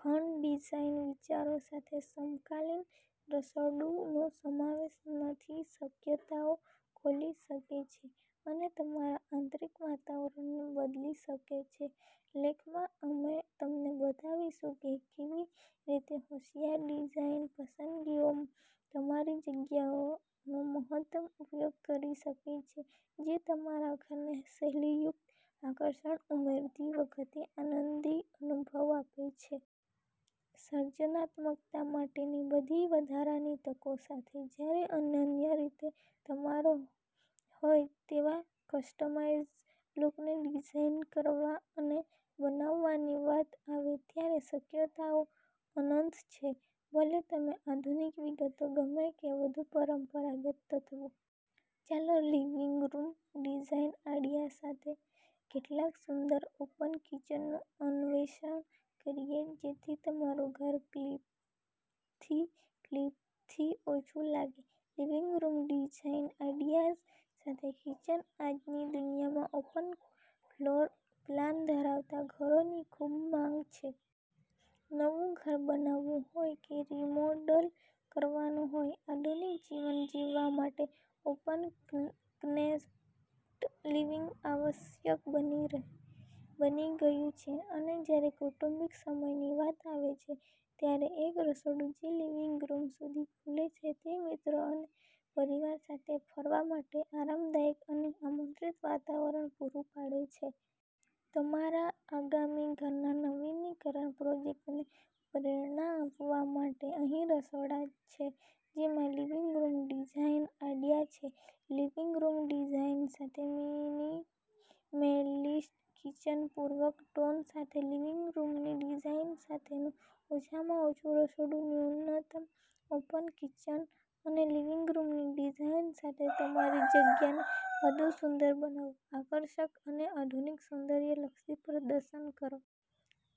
ખંડ ડિઝાઇન વિચારો સાથે સમકાલીન રસોડુંનો સમાવેશ નવી શક્યતાઓ ખોલી શકે છે અને તમારા આંતરિક વાતાવરણને બદલી શકે છે. લેખમાં અમે તમને બતાવીશું કે કેવી રીતે હોંશિયાર ડિઝાઇન પસંદગીઓ તમારી જગ્યાનો મહત્તમ ઉપયોગ કરી શકે છે જે તમારા ઘરને શૈલીયુક્ત આકર્ષણ ઉમેરતી વખતે આનંદી અનુભવ આપે છે. સર્જનાત્મકતા માટેની બધી વધારાની તકો સાથે જ્યારે અનન્ય રીતે તમારો હોય તેવા કસ્ટમાઇઝ લુકને ડિઝાઇન કરવા અને બનાવવાની વાત આવે ત્યારે શક્યતાઓ અનંત છે. ભલે તમને આધુનિક વિગતો ગમે કે વધુ પરંપરાગત તત્વો. ચાલો લિવિંગ રૂમ ડિઝાઇન આઇડિયા સાથે કેટલાક સુંદર ઓપન કિચનનું અન્વેષણ કરીએ જેથી તમારું ઘર કલ્પિતથી ઓછું લાગે. લિવિંગ રૂમ ડિઝાઇન આઇડિયાઝ સાથે કિચન આજની દુનિયામાં ઓપન ફ્લોર પ્લાન ધરાવતા ઘરોની ખૂબ માંગ છે. નવું ઘર બનાવવું હોય કે રિમોડલ કરવાનું હોય, આધુનિક જીવન જીવવા માટે ઓપન-કન્સેપ્ટ લિવિંગ આવશ્યક બની ગયું છે. અને જ્યારે કૌટુંબિક સમયની વાત આવે છે, ત્યારે એક રસોડું જે લિવિંગ રૂમ સુધી ખુલે છે તે મિત્રો અને પરિવાર સાથે ફરવા માટે આરામદાયક અને આમંત્રિત વાતાવરણ પૂરું પાડે છે. તમારા આગામી ઘરના નવીનીકરણ પ્રોજેક્ટને પ્રેરણા આપવા માટે અહીં રસોડા છે જેમાં લિવિંગ રૂમ ડિઝાઇન આઇડિયા છે. લિવિંગ રૂમ ડિઝાઇન સાથે મિનિમેલિસ્ટ કિચનપૂરક ટોન સાથે લિવિંગ રૂમની ડિઝાઇન સાથેનું ઓછામાં ઓછું રસોડું ન્યૂનતમ ઓપન કિચન અને લિવિંગ રૂમની ડિઝાઇન સાથે તમારી જગ્યાને વધુ સુંદર બનાવો, આકર્ષક અને આધુનિક સૌંદર્યલક્ષી પ્રદર્શન કરો.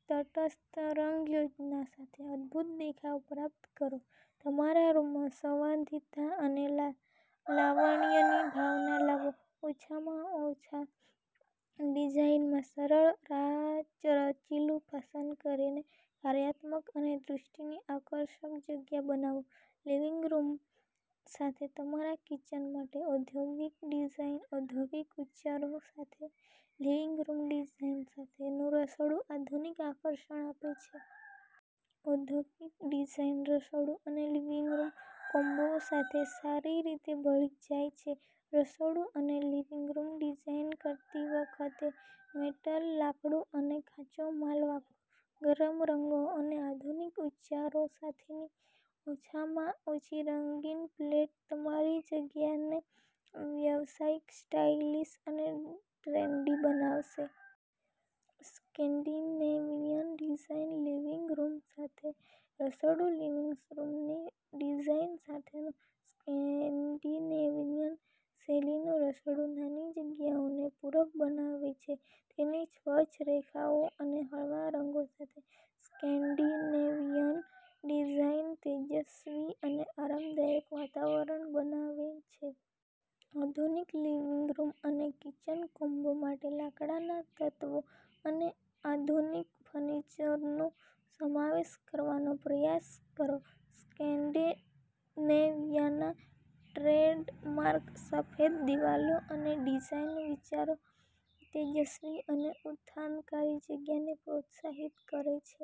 તટસ્થ રંગ યોજના સાથે અદભૂત દેખાવ પ્રાપ્ત કરો. તમારા રૂમમાં સંવાદિતા અને લાવણ્યની ભાવના લાવો. ઓછામાં ઓછા ડિઝાઇનમાં સરળ રાચરચીલું પસંદ કરીને કાર્યાત્મક અને દૃષ્ટિની આકર્ષક જગ્યા બનાવો. લિવિંગ રૂમ સાથે તમારા કિચન માટે ઔદ્યોગિક ડિઝાઇન ઔદ્યોગિક ઉચ્ચારો સાથે લિવિંગ રૂમ ડિઝાઇન સાથેનું રસોડું આધુનિક આકર્ષણ આપે છે. ઔદ્યોગિક ડિઝાઇન રસોડું અને લિવિંગ રૂમ કોમ્બો સાથે સારી રીતે ભળી જાય છે. રસોડું અને લિવિંગ રૂમ ડિઝાઇન કરતી વખતે મેટલ, લાકડું અને કાચો માલ વાપરો. ગરમ રંગો અને ઔદ્યોગિક ઉચ્ચારો સાથેની ઓછામાં ઓછી રંગની પેલેટ તમારી જગ્યાને વ્યાવસાયિક, સ્ટાઇલિશ અને ટ્રેન્ડી બનાવશે. સ્કેન્ડિનેવિયન ડિઝાઇન લિવિંગ રૂમ સાથે રસોડું લિવિંગ રૂમની ડિઝાઈન સાથેનું સ્કેન્ડિનેવિયન શૈલીનું રસોડું નાની જગ્યાઓને પૂરક બનાવે છે. તેની સ્વચ્છ રેખાઓ અને હળવા રંગો સાથે સ્કેન્ડિનેવિયન ડિઝાઇન તેજસ્વી અને આરામદાયક વાતાવરણ બનાવે છે. આધુનિક લિવિંગ રૂમ અને કિચન કોમ્બો માટે લાકડાના તત્વો અને આધુનિક ફર્નિચરનો સમાવેશ કરવાનો પ્રયાસ કરો. સ્કેન્ડિનેવિયાના ટ્રેડમાર્ક સફેદ દિવાલો અને ડિઝાઇન વિચારો તેજસ્વી અને ઉત્થાનકારી જગ્યાને પ્રોત્સાહિત કરે છે.